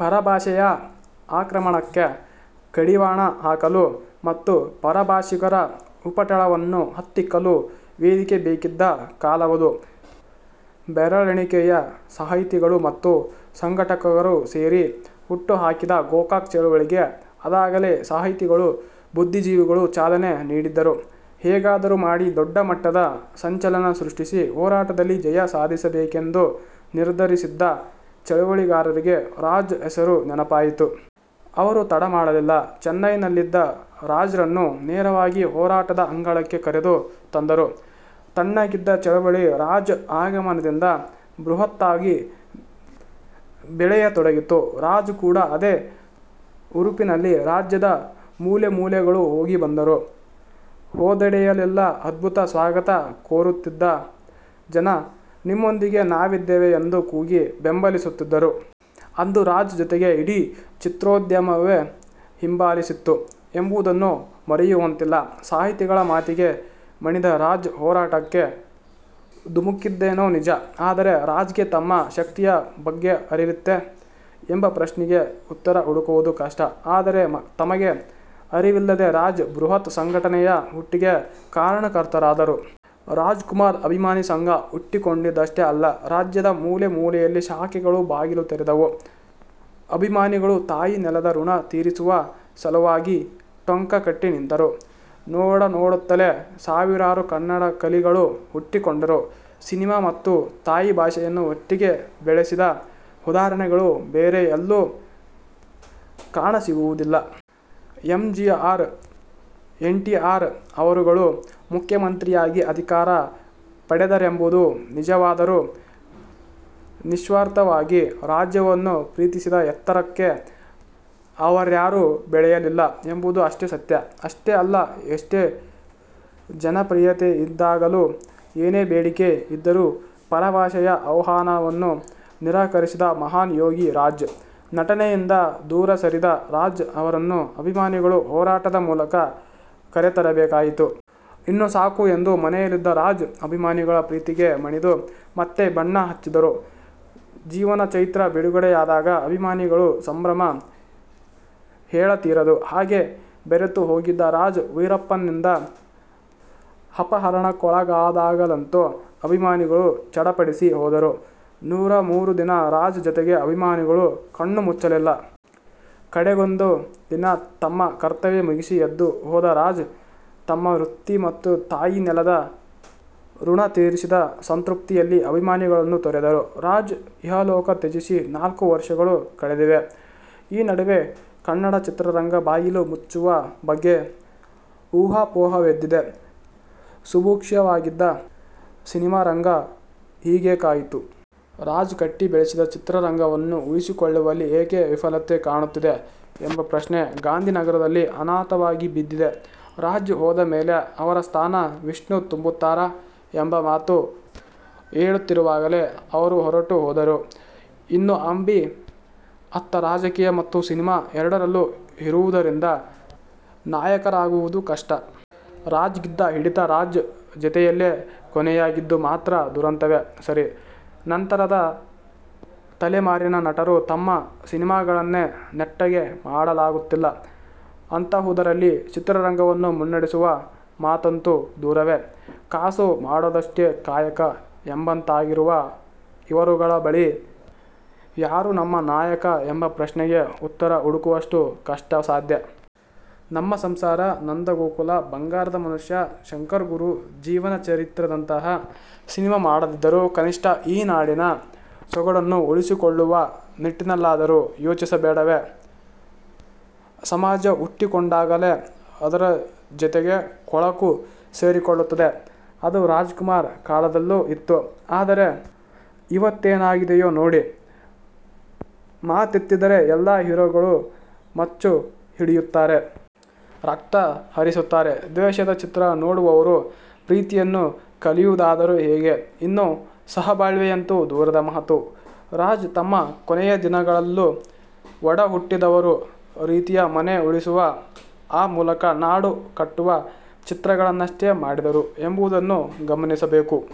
ಪರಭಾಷೆಯ ಆಕ್ರಮಣಕ್ಕೆ ಕಡಿವಾಣ ಹಾಕಲು ಮತ್ತು ಪರಭಾಷಿಗರ ಉಪಟಳವನ್ನು ಹತ್ತಿಕ್ಕಲು ವೇದಿಕೆ ಬೇಕಿದ್ದ ಕಾಲವದು. ಬೆರಳೆಣಿಕೆಯ ಸಾಹಿತಿಗಳು ಮತ್ತು ಸಂಘಟಕರು ಸೇರಿ ಹುಟ್ಟು ಹಾಕಿದ ಗೋಕಾಕ್ ಚಳವಳಿಗೆ ಅದಾಗಲೇ ಸಾಹಿತಿಗಳು, ಬುದ್ಧಿಜೀವಿಗಳು ಚಾಲನೆ ನೀಡಿದ್ದರು. ಹೇಗಾದರೂ ಮಾಡಿ ದೊಡ್ಡ ಮಟ್ಟದ ಸಂಚಲನ ಸೃಷ್ಠಿಸಿ ಹೋರಾಟದಲ್ಲಿ ಜಯ ಸಾಧಿಸಲೇಬೇಕೆಂದು ನಿರ್ಧರಿಸಿದ್ದ ಚಳಿವಳಿಗಾರರಿಗೆ ರಾಜ್ ಹೆಸರು ನೆನಪಾಯಿತು. ಅವರು ತಡಮಾಡಲಿಲ್ಲ. ಚೆನ್ನೈನಲ್ಲಿದ್ದ ರಾಜ್ರನ್ನು ನೇರವಾಗಿ ಹೋರಾಟದ ಅಂಗಳಕ್ಕೆ ಕರೆದು ತಂದರು. ತಣ್ಣಗಿದ್ದ ಚಳವಳಿ ರಾಜ್ ಆಗಮನದಿಂದ ಬೃಹತ್ತಾಗಿ ಬೆಳೆಯತೊಡಗಿತು. ರಾಜ್ ಕೂಡ ಅದೇ ಹುರುಪಿನಲ್ಲಿ ರಾಜ್ಯದ ಮೂಲೆಮೂಲೆಗಳು ಹೋಗಿ ಬಂದರು. ಹೋದೆಡೆಯಲೆಲ್ಲಾ ಅದ್ಭುತ ಸ್ವಾಗತ ಕೋರುತ್ತಿದ್ದ ಜನ ನಿಮ್ಮೊಂದಿಗೆ ನಾವಿದ್ದೇವೆ ಎಂದು ಕೂಗಿ ಬೆಂಬಲಿಸುತ್ತಿದ್ದರು. ಅಂದು ರಾಜ್ ಜೊತೆಗೆ ಇಡೀ ಚಿತ್ರೋದ್ಯಮವೇ ಹಿಂಬಾಲಿಸಿತ್ತು ಎಂಬುದನ್ನು ಮರೆಯುವಂತಿಲ್ಲ. ಸಾಹಿತಿಗಳ ಮಾತಿಗೆ ಮಣಿದ ರಾಜ್ ಹೋರಾಟಕ್ಕೆ ಧುಮುಕ್ಕಿದ್ದೇನೋ ನಿಜ. ಆದರೆ ರಾಜ್ಗೆ ತಮ್ಮ ಶಕ್ತಿಯ ಬಗ್ಗೆ ಅರಿವಿತ್ತೆ? ಎಂಬ ಪ್ರಶ್ನೆಗೆ ಉತ್ತರ ಹುಡುಕುವುದು ಕಷ್ಟ. ಆದರೆ, ತಮಗೇ ಅರಿವಿಲ್ಲದೆ ರಾಜ್, ಬೃಹತ್ ಸಂಘಟನೆಯ ಹುಟ್ಟಿಗೆ ಕಾರಣಕರ್ತರಾದರು. ರಾಜ್ಕುಮಾರ್ ಅಭಿಮಾನಿ ಸಂಘ ಹುಟ್ಟಿಕೊಂಡಿದ್ದಷ್ಟೇ ಅಲ್ಲ. ರಾಜ್ಯದ ಮೂಲೆ ಮೂಲೆಯಲ್ಲಿ ಶಾಖೆಗಳು ಬಾಗಿಲು ತೆರೆದವು. ಅಭಿಮಾನಿಗಳು ತಾಯಿ ನೆಲದ ಋಣ ತೀರಿಸುವ ಸಲುವಾಗಿ ಟೊಂಕ ಕಟ್ಟಿ ನಿಂತರು. ನೋಡನೋಡುತ್ತಲೇ ಸಾವಿರಾರು ಕನ್ನಡ ಕಲಿಗಳು ಹುಟ್ಟಿಕೊಂಡರು. ಸಿನಿಮಾ ಮತ್ತು ತಾಯಿ ಭಾಷೆಯನ್ನು ಒಟ್ಟಿಗೆ ಬೆಳೆಸಿದ ಉದಾಹರಣೆಗಳೂ ಬೇರೆ ಎಲ್ಲೂ ಕಾಣಸಿಗುವುದಿಲ್ಲ. ಎಂಜಿಆರ್, ಎನ್ಟಿಆರ್ ಅವರುಗಳು ಮುಖ್ಯಮಂತ್ರಿಯಾಗಿ ಅಧಿಕಾರ ಪಡೆದರೆಂಬುದು ನಿಜವಾದರೂ, ನಿಸ್ವಾರ್ಥವಾಗಿ ರಾಜ್ಯವನ್ನು ಪ್ರೀತಿಸಿದ ಎತ್ತರಕ್ಕೆ ಅವರ್ಯಾರು ಬೆಳೆಯಲಿಲ್ಲ ಎಂಬುದು ಅಷ್ಟೇ ಸತ್ಯ. ಅಷ್ಟೇ ಅಲ್ಲ ಎಷ್ಟೇ ಜನಪ್ರಿಯತೆಯಿದ್ದಾಗಲೂ, ಏನೇ ಬೇಡಿಕೆ ಇದ್ದರೂ ಪರಭಾಷೆಯ ಆಹ್ವಾನವನ್ನು ನಿರಾಕರಿಸಿದ ಮಹಾನ್ ಯೋಗಿ ರಾಜ್. ನಟನೆಯಿಂದ ದೂರ ಸರಿದ ರಾಜ್ ಅವರನ್ನು ಅಭಿಮಾನಿಗಳು ಹೋರಾಟದ ಮೂಲಕ ಕರೆತರಬೇಕಾಯಿತು. ಇನ್ನು ಸಾಕು ಎಂದು ಮನೆಯಲ್ಲಿದ್ದ ರಾಜ್, ಅಭಿಮಾನಿಗಳ ಪ್ರೀತಿಗೆ ಮಣಿದು ಮತ್ತೆ ಬಣ್ಣ ಹಚ್ಚಿದರು. ಜೀವನ ಚೈತ್ರ ಬಿಡುಗಡೆಯಾದಾಗ ಅಭಿಮಾನಿಗಳ ಸಂಭ್ರಮ ಹೇಳತೀರದು. ಹಾಗೆ ಬೆರತು ಹೋಗಿದ್ದ ರಾಜ್ ವೀರಪ್ಪನ್ನಿಂದ ಅಪಹರಣಕ್ಕೊಳಗಾದಾಗಲಂತೂ ಅಭಿಮಾನಿಗಳು ಚಡಪಡಿಸಿ ಹೋದರು. ನೂರ ಮೂರು ದಿನ ರಾಜ್ ಜೊತೆಗೆ ಅಭಿಮಾನಿಗಳು ಕಣ್ಣುಮುಚ್ಚಲಿಲ್ಲ. ಕಡೆಗೊಂದು ದಿನ ತಮ್ಮ ಕರ್ತವ್ಯ ಮುಗಿಸಿ ಎದ್ದು ಹೋದ ರಾಜ್ ತಮ್ಮ ವೃತ್ತಿ ಮತ್ತು ತಾಯಿ ನೆಲದ ಋಣ ತೀರಿಸಿದ ಸಂತೃಪ್ತಿಯಲ್ಲಿ ಅಭಿಮಾನಿಗಳನ್ನು ತೊರೆದರು. ರಾಜ್ ಇಹಲೋಕ ತ್ಯಜಿಸಿ ನಾಲ್ಕು ವರ್ಷಗಳು ಕಳೆದಿವೆ. ಈ ನಡುವೆ ಕನ್ನಡ ಚಿತ್ರರಂಗ ಬಾಗಿಲು ಮುಚ್ಚುವ ಬಗ್ಗೆ ಊಹಾಪೋಹವೆದ್ದಿದೆ. ಸುಭಿಕ್ಷವಾಗಿದ್ದ ಸಿನಿಮಾರಂಗ ಹೀಗೇಕಾಯಿತು. ರಾಜ್ ಕಟ್ಟಿ ಬೆಳೆಸಿದ ಚಿತ್ರರಂಗವನ್ನು ಉಳಿಸಿಕೊಳ್ಳುವಲ್ಲಿ ಏಕೆ ವಿಫಲತೆ ಕಾಣುತ್ತಿದೆ? ಎಂಬ ಪ್ರಶ್ನೆ ಗಾಂಧಿನಗರದಲ್ಲಿ ಅನಾಥವಾಗಿ ಬಿದ್ದಿದೆ. ರಾಜ್ ಹೋದ ಮೇಲೆ ಅವರ ಸ್ಥಾನ ವಿಷ್ಣು ತುಂಬುತ್ತಾರಾ? ಎಂಬ ಮಾತು ಏಳುತ್ತಿರುವಾಗಲೇ ಅವರು ಹೊರಟು ಹೋದರು. ಇನ್ನು ಅಂಬಿ, ಅತ್ತ ರಾಜಕೀಯ ಮತ್ತು ಸಿನಿಮಾ ಎರಡರಲ್ಲೂ ಇರುವುದರಿಂದ ನಾಯಕರಾಗುವುದು ಕಷ್ಟ. ರಾಜ್ ಗಿದ್ದ ಹಿಡಿತ ರಾಜ್ ಜತೆಯಲ್ಲೇ ಕೊನೆಯಾಗಿದ್ದು ಮಾತ್ರ ದುರಂತವೇ ಸರಿ. ನಂತರದ ತಲೆಮಾರಿನ ನಟರು ತಮ್ಮ ಸಿನಿಮಾಗಳನ್ನೇ ನೆಟ್ಟಗೆ ಮಾಡಲಾಗುತ್ತಿಲ್ಲ. ಅಂತಹುದರಲ್ಲಿ ಚಿತ್ರರಂಗವನ್ನು ಮುನ್ನಡೆಸುವ ಮಾತಂತೂ ದೂರವೇ. ಕಾಸು ಮಾಡೋದಷ್ಟೇ ಕಾಯಕ ಎಂಬಂತಾಗಿರುವ ಇವರುಗಳ ಬಳಿ ಯಾರು ನಮ್ಮ ನಾಯಕ ಎಂಬ ಪ್ರಶ್ನೆಗೆ ಉತ್ತರ ಹುಡುಕುವುದು ಕಷ್ಟಸಾಧ್ಯ. ನಮ್ಮ ಸಂಸಾರ, ನಂದಗೋಕುಲ, ಬಂಗಾರದ ಮನುಷ್ಯ, ಶಂಕರ್ಗುರು, ಜೀವನ ಚೈತ್ರದಂತಹ ಸಿನಿಮಾ ಮಾಡದಿದ್ದರೂ, ಕನಿಷ್ಠ ಈ ನಾಡಿನ ಸೊಗಡನ್ನು ಉಳಿಸಿಕೊಳ್ಳುವ ನಿಟ್ಟಿನಲ್ಲಾದರೂ ಯೋಚಿಸಬೇಡವೇ. ಸಮಾಜ ಹುಟ್ಟಿಕೊಂಡಾಗಲೇ ಅದರ ಜತೆಗೆ ಕೊಳಕು ಸೇರಿಕೊಳ್ಳುತ್ತದೆ. ಅದು ರಾಜ್ಕುಮಾರ್ ಕಾಲದಲ್ಲೂ ಇತ್ತು. ಆದರೆ, ಈವತ್ತೇನಾಗಿದೆಯೋ ನೋಡಿ. ಮಾತೆತ್ತಿದ್ದರೆ ಎಲ್ಲಾ ಹೀರೋಗಳು ಮಚ್ಚು ಹಿಡಿಯುತ್ತಾರೆ. ರಕ್ತ ಹರಿಸುತ್ತಾರೆ. ದ್ವೇಷದ ಚಿತ್ರ ನೋಡುವವರು ಪ್ರೀತಿಯನ್ನು ಕಲಿಯುವುದಾದರೂ ಹೇಗೆ? ಇನ್ನು ಸಹಬಾಳ್ವೆಯಂತೂ ದೂರದ ಮಾತು. ರಾಜ್ ತಮ್ಮ ಕೊನೆಯ ದಿನಗಳಲ್ಲೂ ಒಡಹುಟ್ಟಿದವರು ರೀತಿಯ ಮನೆ ಉಳಿಸುವ, ಆ ಮೂಲಕ ನಾಡು ಕಟ್ಟುವ ಚಿತ್ರಗಳನ್ನಷ್ಟೇ ಮಾಡಿದರು ಎಂಬುದನ್ನು ಗಮನಿಸಬೇಕು.